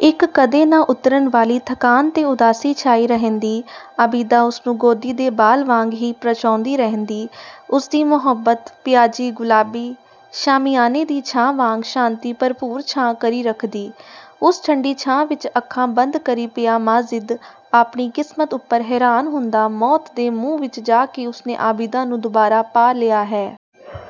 ਇੱਕ, ਕਦੇ ਨਾ ਉਤਰਨ ਵਾਲੀ ਥਕਾਨ ਤੇ ਉਦਾਸੀ ਛਾਈ ਰਹਿੰਦੀ। ਆਬਿਦਾ ਉਸਨੂੰ ਗੋਦੀ ਦੇ ਬਾਲ ਵਾਂਗ ਹੀ ਪ੍ਰਚਾਉਂਦੀ ਰਹਿੰਦੀ। ਉਸਦੀ ਮੁਹੱਬਤ, ਪਿਆਜ਼ੀ-ਗੁਲਾਬੀ ਸ਼ਾਮਿਆਨੇ ਦੀ ਛਾਂ ਵਾਂਗ ਸ਼ਾਂਤੀ-ਭਰਪੂਰ ਛਾਂ ਕਰੀ ਰੱਖਦੀ। ਉਸ ਠੰਡੀ ਛਾਂ ਵਿੱਚ ਅੱਖਾਂ ਬੰਦ ਕਰੀ ਪਿਆ ਮਾਜਿਦ, ਆਪਣੀ ਕਿਸਮਤ ਉੱਪਰ ਹੈਰਾਨ ਹੁੰਦਾ, ਮੌਤ ਦੇ ਮੂੰਹ ਵਿੱਚ ਜਾ ਕੇ ਉਸਨੇ ਆਬਿਦਾ ਨੂੰ ਦੁਬਾਰਾ ਪਾ ਲਿਆ ਹੈ।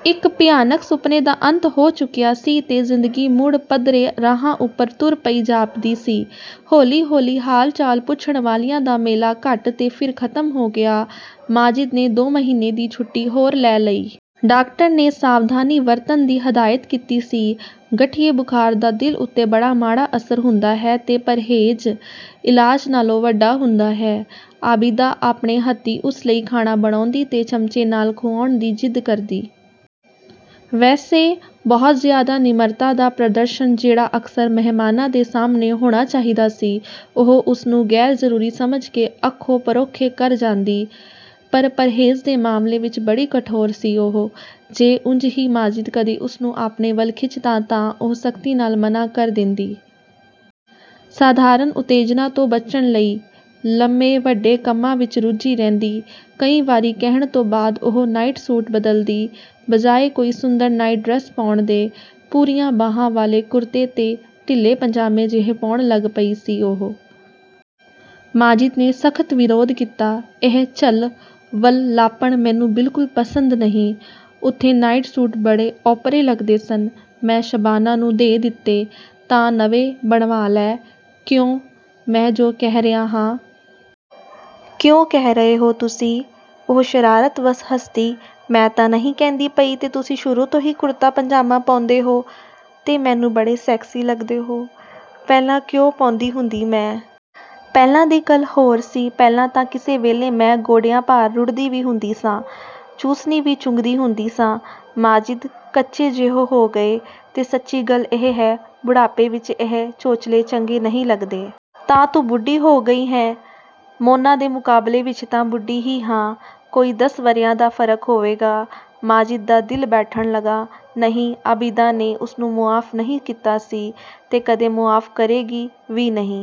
ਇੱਕ ਭਿਆਨਕ ਸੁਪਨੇ ਦਾ ਅੰਤ ਹੋ ਚੁੱਕਿਆ ਸੀ ਤੇ ਜ਼ਿੰਦਗੀ ਮੁੜ ਪੱਧਰੇ ਰਾਹਾਂ ਉੱਪਰ ਤੁਰ ਪਈ ਜਾਪਦੀ ਸੀ। ਹੌਲੀ-ਹੌਲੀ ਹਾਲ-ਚਾਲ ਪੁੱਛਣ ਵਾਲਿਆਂ ਦਾ ਮੇਲਾ ਘੱਟ, ਤੇ ਫਿਰ ਖ਼ਤਮ ਹੋ ਗਿਆ। ਮਾਜਿਦ ਨੇ ਦੋ ਮਹੀਨੇ ਦੀ ਛੁੱਟੀ ਹੋਰ ਲੈ ਲਈ। ਡਾਕਟਰ ਨੇ ਸਾਵਧਾਨੀ ਵਰਤਣ ਦੀ ਹਦਾਇਤ ਕੀਤੀ ਸੀ। ਗਠੀਏ ਬੁਖਾਰ ਦਾ ਦਿਲ ਉੱਤੇ ਬੜਾ ਮਾੜਾ ਅਸਰ ਹੁੰਦਾ ਹੈ ਤੇ ਪ੍ਰਹੇਜ਼, ਇਲਾਜ਼ ਨਾਲੋਂ ਵੱਡਾ ਹੁੰਦਾ ਹੈ। ਆਬਿਦਾ ਆਪਣੇ ਹੱਥੀਂ ਉਸ ਲਈ ਖਾਣਾ ਬਣਾਉਂਦੀ ਤੇ ਚਮਚੇ ਨਾਲ ਖੁਆਉਣ ਦੀ ਜ਼ਿੱਦ ਕਰਦੀ। ਵੈਸੇ, ਬਹੁਤ ਜ਼ਿਆਦਾ ਨਿਮਰਤਾ ਦਾ ਪ੍ਰਦਰਸ਼ਨ ਜਿਹੜਾ ਅਕਸਰ ਮਹਿਮਾਨਾਂ ਦੇ ਸਾਹਮਣੇ ਹੋਣਾ ਚਾਹੀਦਾ ਸੀ, ਉਹ ਉਸਨੂੰ ਗ਼ੈਰਜ਼ਰੂਰੀ ਸਮਝ ਕੇ ਅੱਖੋਂ ਪਰੋਖੇ ਕਰ ਜਾਂਦੀ। ਪਰ ਪ੍ਰਹੇਜ਼ ਦੇ ਮਾਮਲੇ ਵਿੱਚ ਬੜੀ ਕਠੋਰ ਸੀ ਉਹ। ਜੇ ਉਂਜ ਹੀ ਮਾਜਿਦ ਕਦੇ ਉਸਨੂੰ ਆਪਣੇ ਵੱਲ ਖਿੱਚਦਾ ਤਾਂ ਉਹ ਸਖ਼ਤੀ ਨਾਲ ਮਨ੍ਹਾਂ ਕਰ ਦੇਂਦੀ। ਸਾਧਾਰਨ ਉਤੇਜਨਾ ਤੋਂ ਬਚਣ ਲਈ, ਲੰਮੇ-ਵੱਡੇ ਕੰਮਾਂ ਵਿੱਚ ਰੁੱਝੀ ਰਹਿੰਦੀ। ਕਈ ਵਾਰੀ ਕਹਿਣ ਤੋਂ ਬਾਅਦ ਉਹ ਨਾਈਟ ਸੂਟ ਬਦਲਦੀ। ਬਜਾਏ ਕੋਈ ਸੁੰਦਰ ਨਾਈਟ-ਡਰੈਸ ਪਾਉਣ ਦੇ, ਪੂਰੀਆਂ ਬਾਹਾਂ ਵਾਲੇ ਕੁਰਤੇ ਤੇ ਢਿੱਲੇ ਪਾਜਾਮੇ ਜਿਹੇ ਪਾਉਣ ਲੱਗ ਪਈ ਸੀ ਉਹ। ਮਾਜਿਦ ਨੇ ਸਖ਼ਤ ਵਿਰੋਧ ਕੀਤਾ। "ਇਹ ਝੱਲ-ਵਲੱਲਾਪਣ ਮੈਨੂੰ ਬਿਲਕੁਲ ਪਸੰਦ ਨਹੀਂ।" "ਉੱਥੇ ਨਾਈਟ ਸੂਟ ਬੜੇ ਓਪਰੇ ਲੱਗਦੇ ਸਨ, ਮੈਂ ਸ਼ਬਾਨਾ ਨੂੰ ਦੇ ਦਿੱਤੇ।" "ਤਾਂ ਨਵੇਂ ਬਣਵਾ ਲੈ।" "ਕਿਉਂ?" "ਮੈਂ ਜੋ ਕਹਿ ਰਿਹਾ ਹਾਂ।" "ਕਿਉਂ ਕਹਿ ਰਹੇ ਹੋ ਤੁਸੀਂ?" ਉਹ ਸ਼ਰਾਰਤ ਵੱਸ ਹੱਸਦੀ, "ਮੈਂ ਤਾਂ ਨਹੀਂ ਕਹਿੰਦੀ ਪਈ, ਤੇ ਤੁਸੀਂ ਸ਼ੁਰੂ ਤੋਂ ਹੀ ਕੁਰਤਾ ਪਾਜਾਮਾ ਪਾਉਂਦੇ ਹੋ, ਤੇ ਮੈਨੂੰ ਬੜੇ ਸੈਕਸੀ ਲੱਗਦੇ ਹੋ!" "ਪਹਿਲਾਂ ਕਿਉਂ ਪਾਉਂਦੀ ਹੁੰਦੀ ਸੈਂ?" "ਪਹਿਲਾਂ ਦੀ ਗੱਲ ਹੋਰ ਸੀ, ਪਹਿਲਾਂ ਤਾਂ ਕਿਸੇ ਵੇਲੇ ਮੈਂ ਗੋਡਿਆਂ ਭਾਰ ਰੁੜ੍ਹਦੀ ਵੀ ਹੁੰਦੀ ਸਾਂ। ਚੂਸਨੀ ਵੀ ਚੁੰਘਦੀ ਹੁੰਦੀ ਸਾਂ।" ਮਾਜਿਦ ਕੱਚੇ ਜਿਹੇ ਹੋ ਗਏ। "ਤੇ ਸੱਚੀ ਗੱਲ ਇਹ ਹੈ, ਬੁਢਾਪੇ ਵਿੱਚ ਇਹ ਚੋਚਲੇ ਚੰਗੇ ਨਹੀਂ ਲੱਗਦੇ।" "ਤਾਂ ਤੂੰ ਬੁੱਢੀ ਹੋ ਗਈ ਹੈਂ?" "ਮੋਨਾ ਦੇ ਮੁਕਾਬਲੇ ਵਿੱਚ ਤਾਂ ਬੁੱਢੀ ਹੀ ਹਾਂ। ਕੋਈ ਦਸ ਵਰ੍ਹਿਆਂ ਦਾ ਫ਼ਰਕ ਹੋਵੇਗਾ।" ਮਾਜਿਦ ਦਾ ਦਿਲ ਬੈਠਣ ਲੱਗਾ। ਨਹੀਂ, ਆਬਿਦਾ ਨੇ ਉਸਨੂੰ ਮੁਆਫ਼ ਨਹੀਂ ਸੀ ਕੀਤਾ, ਤੇ ਕਦੇ ਮੁਆਫ਼ ਕਰੇਗੀ ਵੀ ਨਹੀਂ।